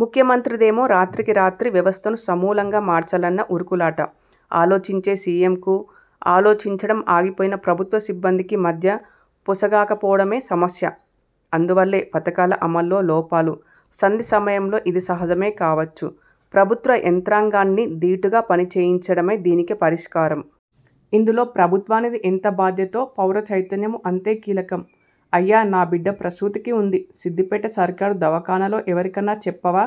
ముఖ్యమంత్రిదేమో రాత్రికి రాత్రి వ్యవస్థను సమూలంగా మార్చాలన్న ఉరుకులాట! ఆలోచించే సీఎంకు, ఆలోచించడం ఆగిపోయిన ప్రభుత్వ సిబ్బందికి మధ్య పో సగకపోవడమే సమస్య. అందువల్లే పథకాల అమల్లో లోపాలు. సంధి సమయంలో ఇది సహజమే కావచ్చు. ప్రభుత్వ యంత్రాంగాన్ని దీటుగా పని చేయించడమే దీనికి పరిష్కారం. ఇందులో ప్రభుత్వానిది ఎంత బాధ్యతో, పౌర చైతన్యమూ అంతే కీలకం. ''అయ్యా.. నా బిడ్డ ప్రసూతికి ఉంది. సిద్దిపేట సర్కారు దవాఖానలో ఎవరికన్న చెప్పవా?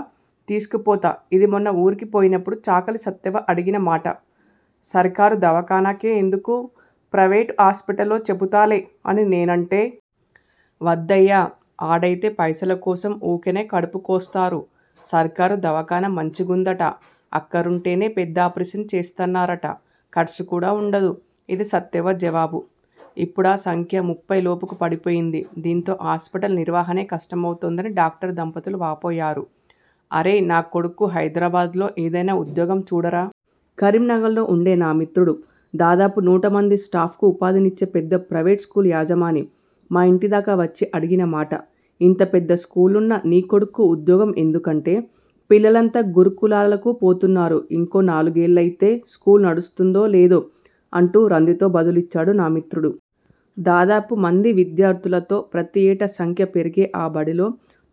తీస్కపోత'' ఇది మొన్న ఊరికి పోయినప్పడు చాకలి సత్తెవ్వ అడిగిన మాట. ''సర్కారు దవాఖానకే ఎందుకు? ప్రైవేటు హాస్పిటల్లో చెబుతాలే'' అని నేనంటే. ''వద్దయ్యా. ఆడైతే పైసల కోసం ఊకెనే కడుపు కోస్తరు. సర్కారు దవాఖాన మంచిగుందట. అక్కరుంటేనే పెద్దాపరేషన్ చేస్తన్నరట. కర్సు కూడా ఉండదు'' ఇది సత్తెవ్వ జవాబు. ఇప్పుడా సంఖ్య ముప్పై లోపుకు పడిపోయింది దీంతో హాస్పిటల్ నిర్వహణే కష్టమవుతోందని డాక్టర్ దంపతులు వాపోయారు. ''అరేయ్.. నా కొడుక్కు హైదరాబాద్లో ఏదైనా ఉద్యోగం చూడరా? కరీంనగర్లో ఉండే నా మిత్రుడు, దాదాపు నూట మంది స్టాఫ్కు ఉపాధినిచ్చే పెద్ద ప్రైవేటు స్కూలు యజమాని, మా ఇంటి దాకా వచ్చి అడిగిన మాట ఇంత పెద్ద స్కూలున్న నీ కొడుక్కు ఉద్యోగం ఎందుకంటే '' పిల్లలంతా గురుకులాలకు పోతున్నారు. ఇంకో నాలుగేళ్లైతే స్కూలు నడుస్తుందో లేదో '' అంటూ రంధితో బదులిచ్చాడు నా మిత్రుడు! దాదాపు మంది విద్యార్థులతో, ప్రతి ఏటా సంఖ్య పెరిగే ఆ బడిలో,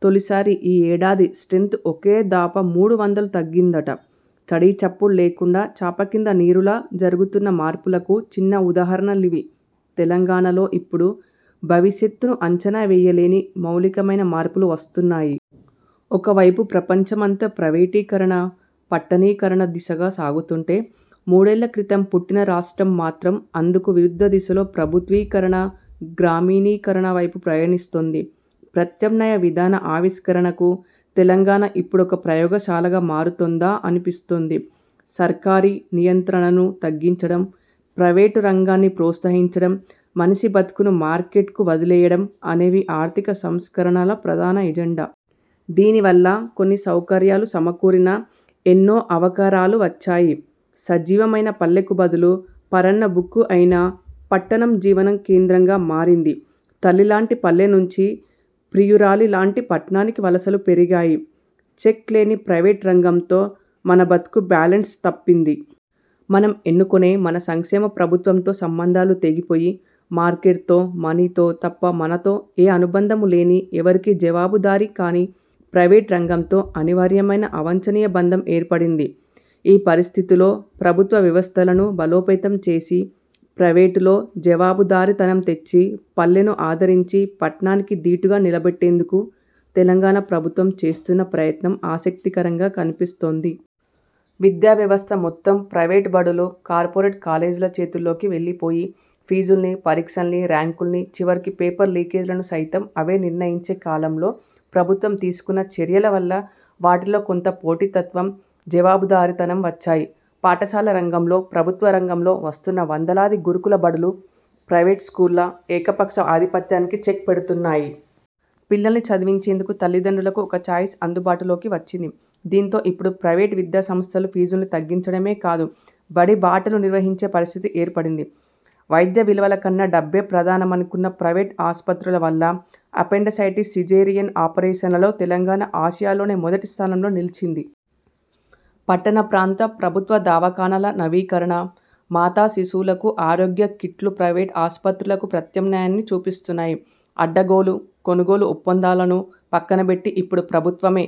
తొలిసారి ఈ ఏడాది స్ర్టెంత్ ఒకే దఫా మూడు వందలు తగ్గిందట! చడీచప్పుడు లేకుండా, చాపకింద నీరులా జరుగుతున్న మార్పులకు చిన్న ఉదాహరణలివి. తెలంగాణలో ఇప్పుడు 'భవిష్యత్తును అంచనా వేయలేని' మౌలికమైన మార్పులు వస్తున్నాయి. ఒకవైపు ప్రపంచమంతా ప్రైవేటీకరణ, పట్టణీకరణ దిశగా సాగుతుంటే, మూడేళ్ల క్రితం పుట్టిన రాష్ట్రం మాత్రం, అందుకు విరుద్ధ దిశలో ప్రభుత్వీకరణ, గ్రామీణీకరణ వైపు ప్రయాణిస్తోంది! ప్రత్యామ్నాయ విధాన ఆవిష్కరణకు తెలంగాణ ఇప్పుడొక ప్రయోగశాలగా మారుతోందా అనిపిస్తోంది. సర్కారీ నియంత్రణను తగ్గించడం, ప్రైవేటు రంగాన్ని ప్రోత్సహించడం, మనిషి బతుకును మార్కెట్కు వదిలేయడం అనేవి ఆర్థిక సంస్కరణల ప్రధాన ఎజెండా. దీనివల్ల కొన్ని సౌకర్యాలు సమకూరినా, ఎన్నో అవకరాలూ వచ్చాయి. సజీవమైన పల్లెకు బదులు, పరాన్న భుక్కు అయిన పట్టణం జీవన కేంద్రంగా మారింది. తల్లిలాంటి పల్లె నుంచి ప్రియురాలి లాంటి పట్నానికి వలసలు పెరిగాయి. చెక్ లేని ప్రైవేటు రంగంతో మన బతుకు బ్యాలెన్స్ తప్పింది. 'మనం ఎన్నుకునే, మన సంక్షేమ ప్రభుత్వం'తో సంబంధాలు తెగిపోయి, మార్కెట్తో, మనీతో తప్ప మనతో ఏ అనుబంధమూ లేని, ఎవరికీ జవాబుదారీ కాని ప్రైవేటు రంగంతో అనివార్యమైన, అవాంఛనీయ బంధం ఏర్పడింది. ఈ పరిస్థితిలో ప్రభుత్వ వ్యవస్థలను బలోపేతం చేసి, ప్రైవేటులో జవాబుదారీ తనం తెచ్చి, పల్లెను ఆదరించి, పట్నానికి దీటుగా నిలబెట్టేందుకు తెలంగాణ ప్రభుత్వం చేస్తున్న ప్రయత్నం ఆసక్తికరంగా కనిపిస్తోంది. విద్యావ్యవస్థ మొత్తం ప్రైవేటు బడులు, కార్పొరేట్ కాలేజీల చేతుల్లోకి వెళ్లిపోయి, ఫీజుల్ని, పరీక్షల్ని, ర్యాంకుల్ని, చివరికి పేపర్ లీకేజీలను సైతం అవే నిర్ణయించే కాలంలో ప్రభుత్వం తీసుకున్న చర్యల వల్ల వాటిలో కొంత పోటీతత్వం, జవాబుదారీ తనం వచ్చాయి. పాఠశాల రంగంలో ప్రభుత్వ రంగంలో వస్తున్న వందలాది గురుకుల బడులు ప్రైవేటు స్కూళ్ల ఏకపక్ష ఆధిపత్యానికి చెక్ పెడుతున్నాయి. పిల్లల్ని చదివించేందుకు తల్లిదండ్రులకు ఒక 'చాయిస్' అందుబాటులోకి వచ్చింది. దీంతో ఇప్పుడు ప్రైవేటు విద్యా సంస్థలు ఫీజుల్ని తగ్గించడమే కాదు బడి బాటలు నిర్వహించే పరిస్థితి ఏర్పడింది. వైద్య విలువల కన్నా డబ్బే ప్రధానమనుకున్న ప్రైవేటు ఆస్పత్రుల వల్ల, అపెండిసైటిస్, సిజేరియన్ ఆపరేషన్లలో తెలంగాణ ఆసియాలోనే మొదటి స్థానంలో నిలిచింది. పట్టణ ప్రాంత ప్రభుత్వ దవాఖానాల నవీకరణ, మాతా శిశువులకు ఆరోగ్య కిట్లు ప్రైవేటు ఆస్పత్రులకు ప్రత్యామ్నాయాన్ని చూపిస్తున్నాయి. అడ్డగోలు కొనుగోలు ఒప్పందాలను పక్కనబెట్టి ఇప్పుడు ప్రభుత్వమే